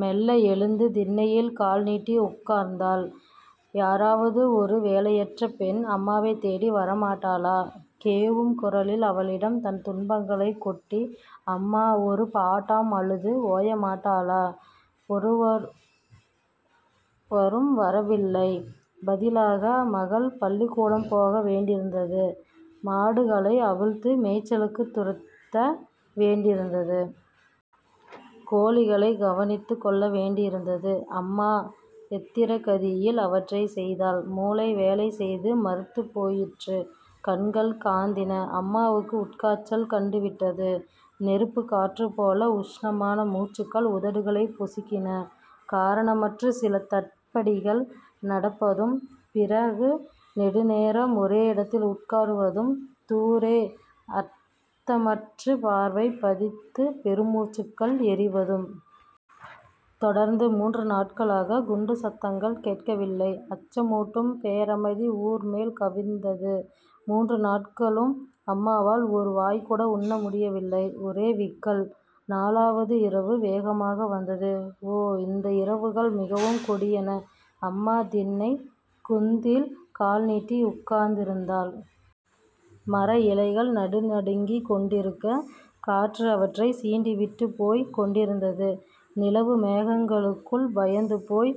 மெல்ல எழுந்து திண்ணையில் கால் நீட்டி உட்கார்ந்தாள். யாராவது ஒரு வேலையற்ற பெண் அம்மாவைத்தேடி வரமாட்டாளா? கேவும் குரலில் அவளிடம் தன் துன்பங்களைக் கொட்டி அம்மா ஒரு பாட்டம் அழுது ஓயமாட்டாளா? ஒருவரும் வரவில்லை. பதிலாக மகள் பள்ளிக்கூடம் போக வேண்டியிருந்தது. மாடுகளை அவிழ்த்து மேய்ச்சலுக்குத் துரத்த வேண்டியிருந்தது. கோழிகளைக் கவனித்துக் கொள்ள வேண்டியிருந்தது. அம்மா யந்திரகதியில், அவற்றைச் செய்தாள். மூளை வேலை செய்து மரத்துப் போயிற்று. கண்கள் காந்தின. அம்மாவுக்கு உட்காய்ச்சல் கண்டுவிட்டது. நெருப்புக் காற்றுப்போல உஷ்ணமான மூச்சுக்கள் உதடுகளைப் பொசுக்கின. காரணமற்று சில தப்படிகள் நடப்பதும்... பிறகு நெடுநேரம் ஒரேயிடத்தில் உட்கார்வதும்... தூரே அர்த்தமற்றுப் பார்வை பதித்து பெருமூச்சுக்கள் எறிவதும்... தொடர்ந்து மூன்று நாட்களாகக் குண்டுச் சத்தங்கள் கேட்கவில்லை அச்சமூட்டும் பேரமைதி ஊர்மேல் கவிந்தது. மூன்று நாட்களும் அம்மாவால் ஒரு வாய்கூட உண்ண முடியவில்லை. ஒரே விக்கல்! நாலாவது இரவு வேகமாக வந்தது. ஓ! இந்த இரவுகள் மிகவும் கொடியன. அம்மா திண்ணைக் குந்தில் கால்நீட்டி உட்கார்ந்திருந்தாள். மரஇலைகள் நடுநடுங்கிக் கொண்டிருக்க, காற்று அவற்றைச் சீண்டிவிட்டுப் போய்க் கொண்டிருந்தது. நிலவு மேகங்களுக்குள் பயந்து போய்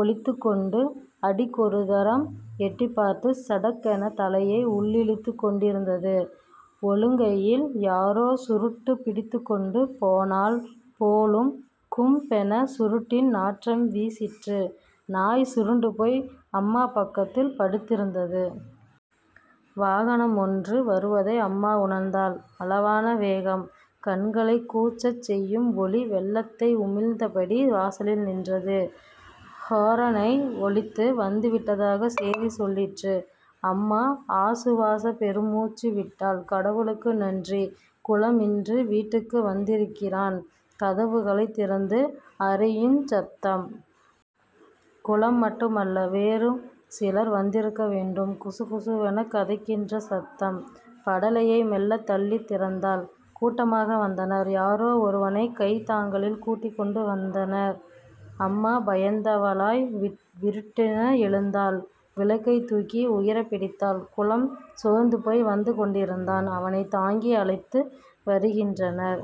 ஒளித்துக்கொண்டு அடிக்கொருதரம் எட்டிப்பார்த்து, 'சடக்' எனத் தலையை உள்ளிழுத்துக் கொண்டிருந்தது. ஒழுங்கையில் யாரோ சுருட்டுப் பிடித்துக்கொண்டு போனான் போலும். 'கும்'பென சுருட்டின் நாற்றம் வீசிற்று. நாய் சுருண்டுபோய் அம்மா பக்கத்தில் படுத்திருந்தது. வாகனம் ஒன்று வருவதை அம்மா உணர்ந்தாள். அளவான வேகம். கண்களைக் கூசச் செய்யும் ஒளி வெள்ளத்தை உமிழ்ந்த படி வாசலில் நின்றது. 'ஹோர்ன்' ஐ ஒலித்து, வந்துவிட்டதாகச் சேதி சொல்லிற்று. அம்மா ஆசுவாசப் பெருமூச்சு விட்டாள். கடவுளுக்கு நன்றி! குலம் இன்று வீட்டுக்கு வந்திருக்கிறான்! கதவுகளைத் திறந்து அறையுஞ் சத்தம். குலம் மட்டுமல்ல வேறும் சிலர் வந்திருக்கவேண்டும். குசுகுசுவெனக் கதைக்கின்ற சத்தம். படலையை மெல்லத் தள்ளித் திறந்தனர். கூட்டமாக வந்தனர். யாரோ ஒருவனைக் கைத் தாங்களில் கூட்டிக்கொண்டு வந்தனர். அம்மா பயந்தவளாய் விருட்டென எழுந்தாள். விளக்கை தூக்கி உயரப்பிடித்தாள். குலம் சோர்ந்துபோய் வந்துகொண்டிருந்தான். அவனைத் தாங்கி அழைத்து வருகின்றனர்.